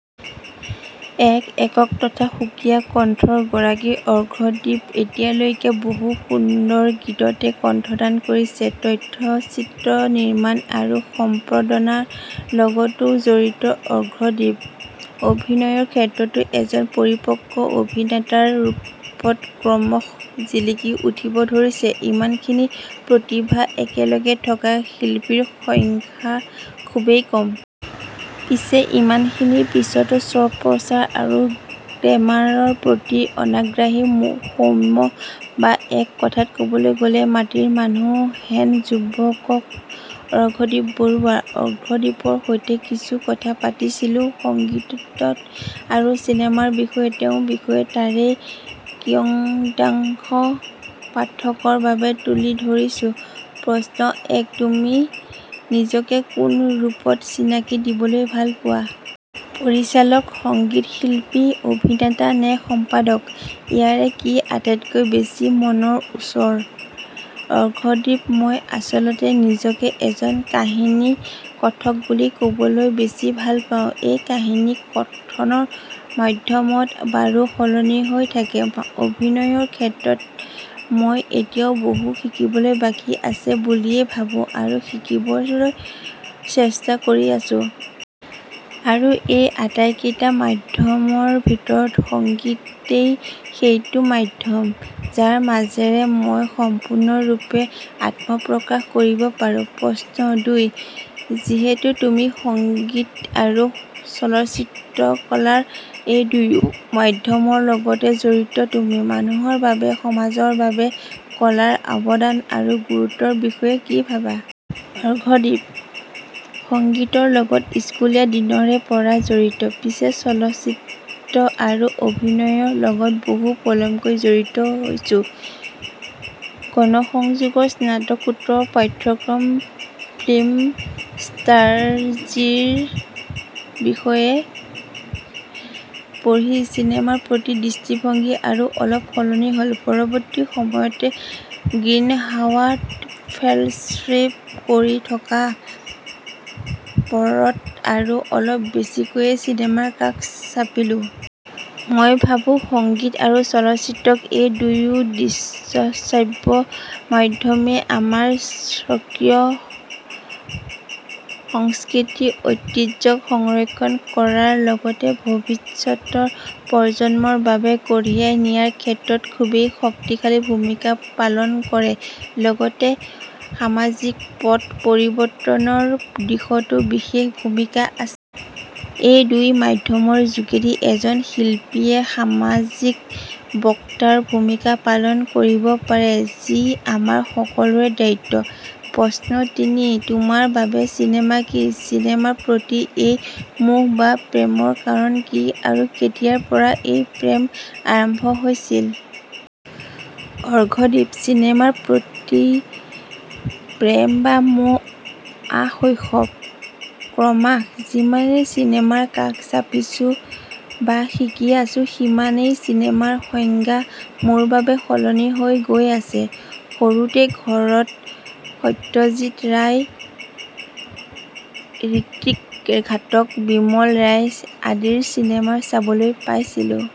এক একক তথা সুকীয়া কন্ঠৰ গৰাকী অৰ্ঘদীপ এতিয়ালৈকে বহু সুন্দৰ গীততে কন্ঠদান কৰিছে। তথ্যচিত্ৰ নিৰ্মাণ আৰু সম্পাদনাৰ লগতো জড়িত অৰ্ঘদীপ। অভিনয়ৰ ক্ষেত্ৰতো এজন পৰিপক্ক অভিনেতাৰ ৰূপত ক্ৰমশঃ জিলিকি উঠিব ধৰিছে। ইমানখিনি প্ৰতিভা একেলগে থকা শিল্পীৰ সংখ্যা খুবেই কম। পিছে ইমানখিনিৰ পিছতো স্ব প্ৰচাৰ আৰু গ্লেমাৰৰ প্ৰতি অনাগ্ৰহী সৌম্য বা এক কথাত ক'বলৈ গ'লে মাটিৰ মানুহ হেন যুৱক অৰ্ঘদীপ বৰুৱা। অৰ্ঘদীপৰ সৈতে কিছু কথা পাতিছিলো সংগীত আৰু চিনেমাৰ বিষয়ে। তেওঁৰ বিষয়ে তাৰেই কিয়দাংশ পাঠকৰ বাবে তুলি ধৰিছো; প্ৰশ্ন এক: তুমি নিজকে কোন ৰূপত চিনাকি দিবলৈ ভালপোৱা? পৰিচালক, সংগীতশিল্পী, অভিনেতা নে সম্পাদক? ইয়াৰে কি আটাইতকৈ বেছি মনৰ ওচৰ? অৰ্ঘদীপ: মই আচলতে নিজকে এজন কাহিনী কথক বুলি ক'বলৈ বেছি ভালপাওঁ। এই কাহিনী কথনৰ মাধ্যম বাৰু সলনি হৈ থাকে। অভিনয়ৰ ক্ষেত্ৰত মই এতিয়াও বহুতো শিকিবলৈ বাকী আছে বুলিয়েই ভাবো আৰু শিকিবৰ চেষ্টা কৰি আছো। আৰু এই আটাইকেইটা মাধ্যমৰ ভিতৰত সংগীতেই সেইটো মাধ্যম, যাৰ মাজেৰে মই সম্পূৰ্ণৰূপে আত্মপ্ৰকাশ কৰিব পাৰো। প্ৰশ্ন দুই: যিহেতু তুমি সংগীত আৰু চলচ্চিত্ৰকলাৰ, এই দুয়ো মাধ্যমৰ লগতেই জড়িত তুমি। মানুহৰ বাবে, সমাজৰ বাবে, কলাৰ অৱদান আৰু গুৰুত্বৰ বিষয়ে কি ভাবা? অৰ্ঘদীপ: সংগীতৰ লগত স্কুলীয়া দিনৰে পৰাই জড়িত। পিছে চলচ্চিত্ৰ আৰু অভিনয়ৰ লগত বহু পলমকৈ জড়িত হৈছো। গণসংযোগৰ স্নাতকোত্তৰ পাঠ্যক্ৰমত ফিল্ম ষ্টাডিজৰ বিষয়ে পঢ়ি চিনেমাৰ প্ৰতি দৃষ্টিভংগী আৰু অলপ সলনি হ'ল। পৰৱৰ্তী সময়ত গ্ৰীণহাবত ফেলশ্বিপ কৰি থকাৰ পৰত আৰু অলপ বেছিকৈয়ে চিনেমাৰ কাষ চাপিলো। মই ভাবো সংগীত আৰু চলচ্চিত্ৰ, এই দুয়ো দৃশ্যশ্ৰাব্য মাধ্যমেই আমাৰ স্বকীয় সাংস্কৃতিক ঐতিহ্যক সংৰক্ষণ কৰাৰ লগতেই ভৱিষ্যত প্ৰজন্মৰ বাবে কঢ়িয়াই নিয়াৰ ক্ষেত্ৰত খুবেই শক্তিশালী ভূমিকা পালন কৰে। লগতেই সামাজিক পট পৰিৱৰ্তনৰ দিশতো বিশেষ ভূমিকা আছে। এই দুই মাধ্যমৰ যোগেদি এজন শিল্পীয়ে সামাজিক বক্তাৰ ভূমিকা পালন কৰিব পাৰে, যি আমাৰ সকলোৰে দ্বায়িত্ব। প্ৰশ্ন তিনি: তোমাৰ বাবে চিনেমা কি? চিনেমাৰ প্ৰতি এই মোহ বা প্ৰেমৰ কাৰণ কি আৰু কেতিয়াৰ পৰা এই প্ৰেম আৰম্ভ হৈছিল? অৰ্ঘদীপ: চিনেমাৰ প্ৰতি প্ৰেম বা মোহ আশৈশৱ। ক্ৰমশঃ যিমানে চিনেমাৰ কাষ চাপিছো বা শিকি আছো সিমানেই চিনেমাৰ সংজ্ঞা মোৰ বাবে সলনি হৈ গৈ আছে। সৰুতেই ঘৰত সত্যজিত ৰায়, ৰিত্বিক ঘটক, বিমল ৰয় আদিৰ চিনেমা চাবলৈ পাইছিলো।